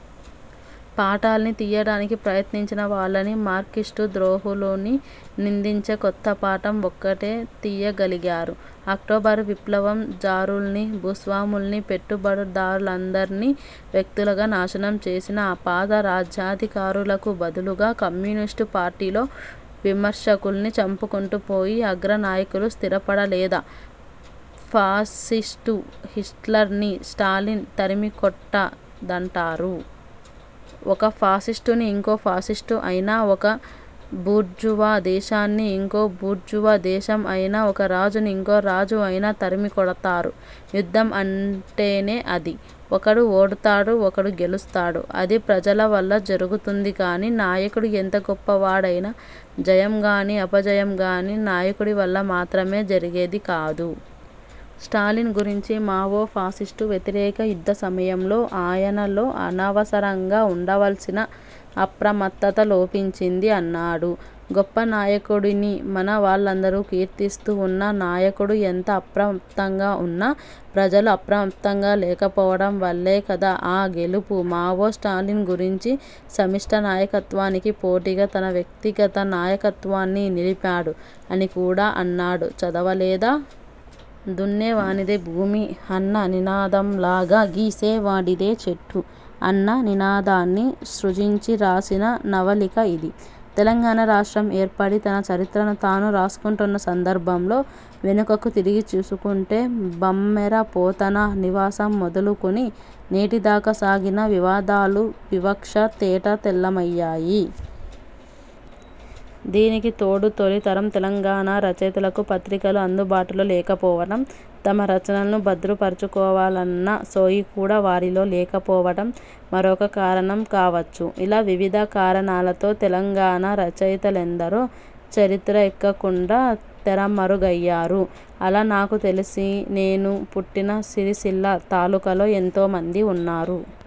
పాఠాల్ని తియ్యడానికి ప్రయత్నించిన వాళ్ళని, మార్క్సిస్టు ద్రోహులని నిందించే కొత్త పాఠం ఒక్కటే తియ్యగలిగారు. అక్టోబరు విప్లవం, జారుల్నీ, భూస్వాముల్నీ, పెట్టుబడిదారుల్నీ, వ్యక్తులుగా నాశనం చేసినా, ఆ పాత రాజ్యాధికారులకు బదులుగా, కమ్యూనిస్టు పార్టీలో విమర్శకుల్ని చంపుకుంటూ పోయి, అగ్ర నాయకులు స్తిరపడలేదా? 'ఫాసిస్టు హిట్లర్ని స్టాలిన్ తరిమి కొట్టా' డంటారు. ఒక ఫాసిస్టుని ఇంకో ఫాసిస్టు అయినా, ఒక బూర్జువా దేశాన్ని ఇంకో బూర్జువా దేశం అయినా, ఒక రాజుని ఇంకో రాజు అయినా, తరిమి కొడతారు. యుద్ధం అంటేనే అది. ఒకడు ఓడుతాడు, ఒకడు గెలుస్తాడు. అది, ప్రజల వల్ల జరుగుతుంది గానీ, నాయకుడు ఎంత 'గొప్ప' వాడైనా, జయం గానీ, అపజయం గానీ, నాయకుడి వల్ల మాత్రమే జరిగేది కాదు. స్టాలిన్ గురించి మావో, ''ఫాసిస్టు వ్యతిరేక యుద్ధ సమయంలో, ఆయనలో అవసరంగా వుండాల్సిన అప్రమత్తత లోపించింది'' అన్నాడు. గొప్ప నాయకుడని మన వాళ్ళందరూ కీర్తిస్తూ వున్న నాయకుడు, ఎంత ప్రమత్తంగా వున్నా, ప్రజలు ప్రమత్తంగా లేకపోవడం వల్లే కదా ఆ గెలుపు! మావో, స్టాలిన్ గురించి, ''సమిష్టి నాయకత్వానికి పోటీగా, తన వ్యక్తిగత నాయకత్వాన్ని నిలిపాడు'' అని కూడా అన్నాడు, చదవలేదా? 'దున్నే వానిదే భూమి' అన్న నినాదంలాగా 'గీసే వాడిదే చెట్టు' అన్న నినాదాన్ని సృజించి రాసిన నవలిక ఇది. తెలంగాణ రాష్ట్రం ఏర్పడి, తన చరిత్రను తాను రాసుకుంటున్న సందర్భంలో వెనుకకు తిరిగి చూసుకుంటే, బమ్మెర పోతన నివాసం మొదలుకుని నేటి దాకా సాగిన వివాదాలు, వివక్ష తేటతెల్లమయ్యాయి. దీనికి తోడు తొలి తరం తెలంగాణ రచయితలకు పత్రికలు అందుబాటులో లేకపోవడం, తమ రచనలను భద్రపరచుకోవాలన్న సోయి కూడా వారిలో లేకపోవడం మరొక కారణం కావచ్చు. ఇలా వివిధ కారణాలతో తెలంగాణా రచయితలెందరో చరిత్రకెక్క కుండా తెరమరుగయ్యారు. అలా నాకు తెలిసి నేను పుట్టిన సిరిసిల్ల తాలూకాలో ఎంతోమంది ఉన్నారు.